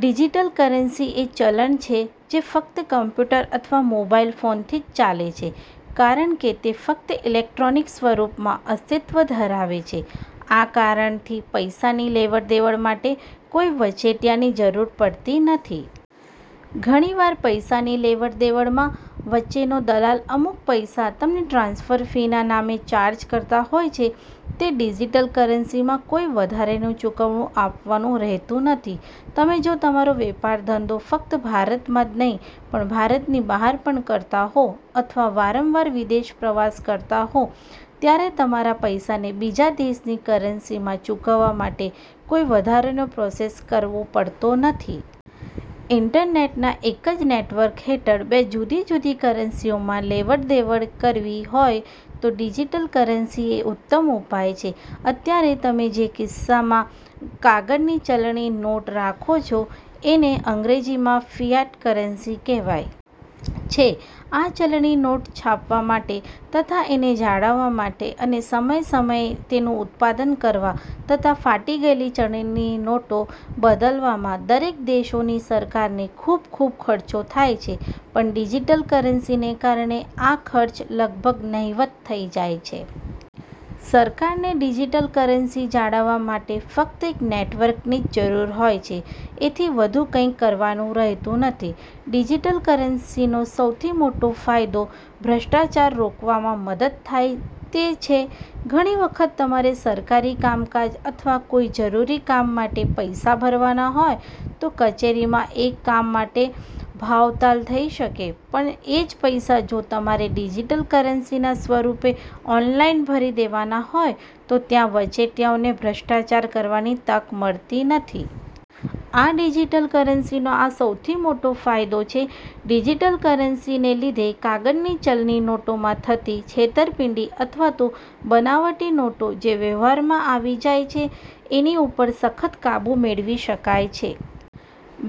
Digital currency એ ચલણ છે જે ફક્ત કમ્પ્યુટર અથવા મોબાઇલ ફોનથી જ ચાલે છે કારણ કે તે ફક્ત ઇલેક્ટ્રોનિક સ્વરૂપમાં અસ્તિત્વ ધરાવે છે. આ કારણથી પૈસાની લેવડદેવડ માટે કોઈ વચેટિયાની જરૂર પડતી નથી. ઘણીવાર પૈસાની લેવડદેવડમાં વચ્ચેનો દલાલ અમુક પૈસા તમને ટ્રાન્સફર ફી ના નામે ચાર્જ કરતા હોય છે તે ડિજિટલ કરન્સીમાં કોઈ વધારાનું ચુકવણું આપવાનું રહેતું નથી. તમે જો તમારો વેપાર ધંધો ફક્ત ભારતમાં જ નહીં પણ ભારતની બહાર પણ કરતા હો અથવા વારંવાર વિદેશ પ્રવાસ કરતા હો ત્યારે તમારા પૈસાને બીજા દેશની કરન્સીમાં ચૂકવવા માટે કોઈ વધારાનો પ્રોસેસ કરવો પડતો નથી. ઇન્ટરનેટના એક જ નેટવર્ક હેઠળ બે જુદી જુદી કરન્સીઓમાં લેવડદેવડ કરવી હોય તો ડિજિટલ કરન્સી એ ઉત્તમ ઉપાય છે. અત્યારે તમે જે કિસ્સામાં કાગળની ચલણી નોટ રાખો છો એને અંગ્રેજીમાં ફિયાટ કરન્સી કહેવાય છે, આ ચલણી નોટ છાપવા માટે તથા એને જાળવવા માટે અને સમય સમયે એનું ઉત્પાદન કરવામાં તથા ફાટી ગયેલી ચલણી નોટો બદલવામાં દરેક દેશોની સરકારને ખૂબ ખૂબ ખર્ચો થાય છે પણ ડિજિટલ કરન્સીને કારણે આ ખર્ચ લગભગ નહિવત થઈ જાય છે. સરકારને ડિજિટલ કરન્સી જાળવવા માટે ફ્કત એક નેટવર્કની જ જરૂર હોય છે એથી વધુ કંઈ કરવાનુ રહેતું નથી. ડિજિટલ કરન્સીનો સૌથી મોટો ફાયદો ભ્રષ્ટાચાર રોકવામાં મદદ થાય તે છે. ઘણી વખત તમારે સરકારી કામકાજ અથવા કોઈ જરૂરી કામ માટે પૈસા ભરવાના હોય તો કચેરીમાં એ કામ માટે ભાવતાલ થઈ શકે છે પણ એ જ પૈસા જો તમારે ડિજિટલ કરન્સીના સ્વરૂપે ઓનલાઈન ભરી દેવાના હોય તો ત્યાં વચેટિયાઓને ભ્રષ્ટાચાર કરવાની તક મળતી નથી. આ ડિજિટલ કરન્સીનો આ સૌથી મોટો ફાયદો છે. ડિજિટલ કરન્સી ને લીધે કાગળની ચલણી નોટોમાં થતી છેતરપિંડી અથવા તો બનાવટી નોટો જે વ્યવહારમાં આવી જાય છે એની ઉપર સખત કાબુ મેળવી શકાય છે.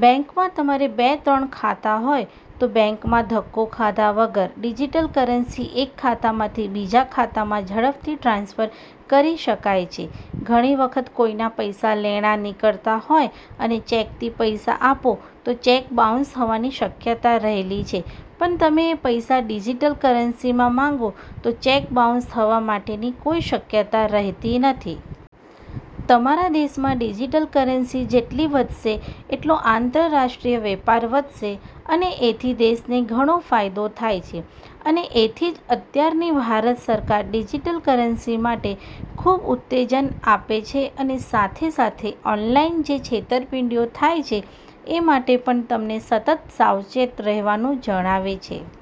બેંકમાં તમારે બે ત્રણ ખાતા હોય તો બેંકમાં ધક્કો ખાધા વગર ડિજિટલ કરન્સી એક ખાતામાંથી બીજા ખાતામાં ઝડપથી ટ્રાન્સફર કરી શકાય છે. ઘણી વખત કોઈ ના પૈસા લેણા નીકળતા હોય અને ચેકથી પૈસા આપે તો ચેક બાઉન્સ થવાની શક્યતા રહેલી છે પણ તમે એ પૈસા ડિજિટલ કરન્સીમાં માગો તો ચેક્ બાઉન્સ થવા માટેની કોઈ શક્યતા રહેતી નથી. તમારા દેશમાં ડિજિટલ કરન્સી જેટલી વધશે એટલો આંતરરાષ્ટ્રીય વેપાર વધશે અને એથી દેશને ઘણો ફાયદો થાય છે, અને એથી જ અત્યારની ભારત સરકાર ડિજિટલ કરન્સી માટે ખૂબ ઉત્તેજન આપે છે અને સાથે સાથે ઓનલાઇન જે છેતરપિંડીઓ થાય છે એ માટે પણ તમને સતત સાવચેત રહેવાનું જણાવે છે.